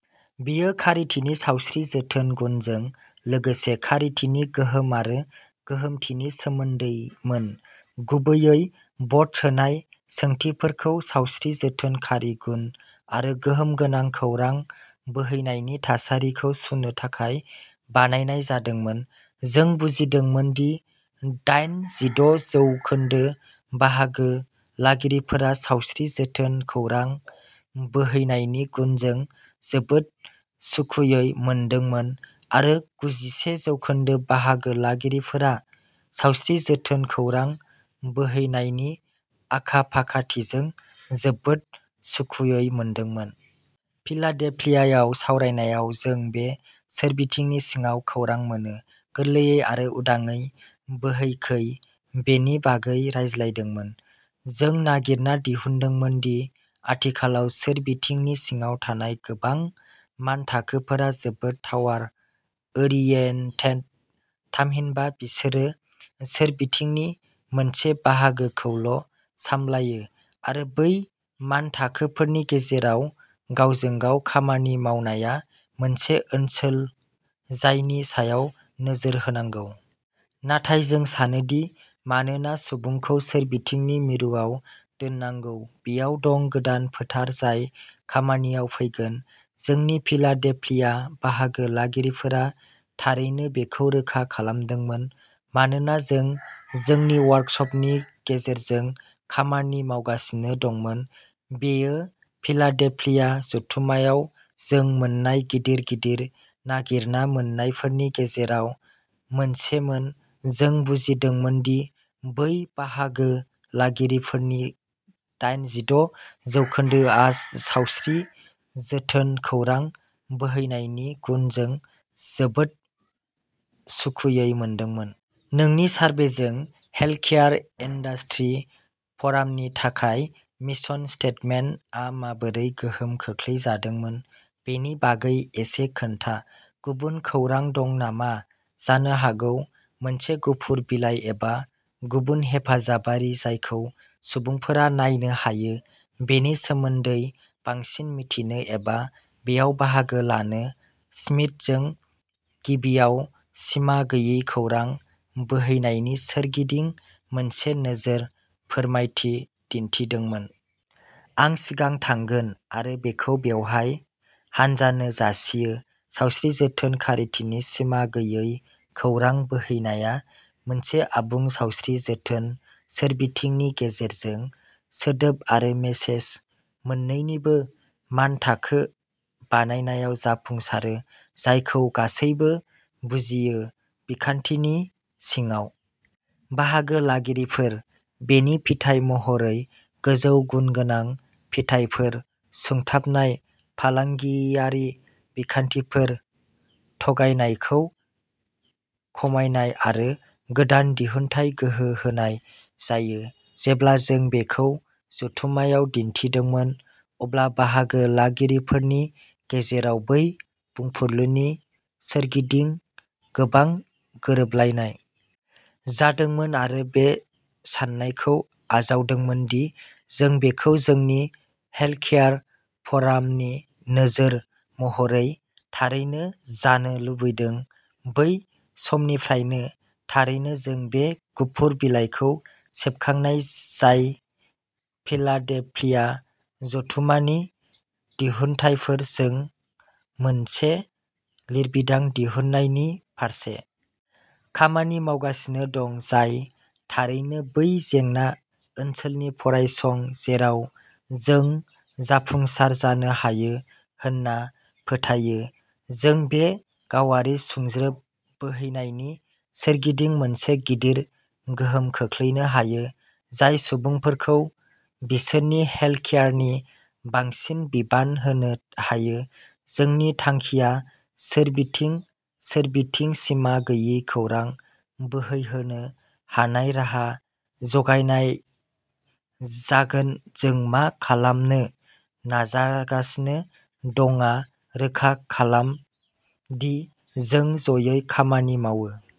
बेयो खारिथिनि सावस्रि जोथोन गुनजों लोगोसे खारिथिनि गोहोम आरो गोहोमथिनि सोमोन्दैमोन गुबैयै भट सोनाय सोंथिफोरखौ सावस्रि जोथोन खारि गुन आरो गोहोम गोनां खौरां बोहैनायनि थासारिखौ सुनो थाखाय बानायनाय जादोंमोन। जों बुजिदोंमोन दि दाइन जिद' जौखोन्दो बाहागो लागिरिफोरा सावस्रि जोथोन खौरां बोहैनायनि गुनजों जोबोद सुखुयै मोनदोंमोन आरो गुजिसे जौखोन्दो बाहागो लागिरिफोरा सावस्रि जोथोन खौरां बोहैनायनि आखा फाखाथिजों जोबोद सुखुयै मोनदोंमोन। फिलाडेल्फियायाव सावरायनायाव जों बे सोरबिथिंनि सिङाव खौरां मानो गोरलैयै आरो उदाङै बोहैाखै बेनि बागै रायज्लायदोंमोन। जों नागिरना दिहुनदोंमोन दि आथिखालाव सोरबिथिंनि सिङाव थानाय गोबां मानथाखोफोरा जोबोद टावार ओरियेन्टेड थामहिनबा बिसोरो सोरबिथिंनि मोनसे बाहागोखौल'सामलायो आरो बै मानथाखोफोरनि गेजेराव गावजों गाव खामानि मावनाया मोनसे ओनसोल जायनि सायाव नोजोर होनांगौ। नाथाय जों सानो दि मानोना सुबुंखौ सोरबिथिंनि मिरुआव दोननांगौ बेयाव दं गोदान फोथार जाय खामानियाव फैगोन जोंनि फिलाडेल्फिया बाहागो लागिरिफोरा थारैनो बेखौ रोखा खालामदोंमोन मानोना जों जोंनि वर्कसपनि गेजेरजों खामानि मावगासिनो दंमोन। बेयो फिलाडेल्फिया जथुम्मायाव जों मोन्नाय गिदिर गिदिर नागिरना मोन्नायफोरनि गेजेराव मोनसेमोन जों बुजिदोंमोन दि बै बाहागो लागिरिफोरनि दाइन जिद' जौखोन्दोआ सावस्रि जोथोन खौरां बोहैनायनि गुनजों जोबोद सुखुयै मोनदोंमोन। नोंनि सारभेजों हेल्थकेयार इन्डास्ट्रि फ'रामनि थाखाय मिसन स्टेटमेन्टआ माबोरै गोहोम खोख्लैजादोंमोन बेनि बागै एसे खोन्था गुबुन खौरां दं नामा जानो हागौ मोनसे गुफुर बिलाइ एबा गुबुन हेफाजाबारि जायखौ सुबुंफोरा नायनो हायो बेनि सोमोन्दै बांसिन मिथिनो एबा बेयाव बाहागो लानो श्मिट जों गिबियाव सिमा गैयै खौरां बोहैनायनि सोरगिदिं मोनसे नोजोर फोरमायथि दिन्थिदोंमोन। आं सिगां थांगोन आरो बेखौ बेवहाय हानजानो जासियो सावस्रि जोथोन खारिथिनि सिमा गैयै खौरां बोहैनाया मोनसे आबुं सावस्रि जोथोन सोरबिथिंनि गेजेरजों सोदोब आरो मेसेज मोन्नैनिबो मानथाखो बानायनायाव जाफुंसारो जायखौ गासैबो बुजियो। बिखान्थिनि सिङाव बाहागो लागिरिफोर बेनि फिथाय महरै गोजौ गुनगोनां फिथायफोर सुंथाबनाय फालांगियारि बिखान्थिफोर थगायनायखौ खमायनाय आरो गोदान दिहुनथाइ गोहो होनाय जायो जेब्ला जों बेखौ जथुमनायाव दिन्थिदोंमोन अब्ला बाहागो लागिरिफोरनि गेजेराव बै बुंफुरलुनि सोरगिदिं गोबां गोरोबलायनाय जादोंमोन आरो बे साननायखौ आजावदोंमोन दि जों बेखौ जोंनि हेल्थकेयार फ'रामनि नोजोर महरै थारैनो जानो लुबैदों बै समनिफ्रायनो थारैनो जों बे गुफुर बिलाइखौ सेबखांनाय जाय फिलाडेल्फिया जथुमानि दिहुनथायफोर जों मोनसे लिरबिदां दिहुननायनि फारसे। खामानि मावगासिनो दं जाय थारैनो बै जेंना ओनसोलनि फरायसं जेराव जों जाफुंसार जानो हायो होनना फोथायो। जों बे गावारि सुंज्रोब बोहैनायनि सोरगिदिं मोनसे गिदिर गोहोम खोख्लैनो हायो। जाय सुबुंफोरखौ बिसोरनि हेल्थकेयारनि बांसिन बिबान होनो हायो। जोंनि थांखिया सोरबिथिं सोरबिथिं सिमा गैयै खौरां बोहैहोनो हानाय राहा जगायनाय जागोन जों मा खालामनो नाजागासिनो दंआ रोखा खालाम दि जों जयै खामानि मावो।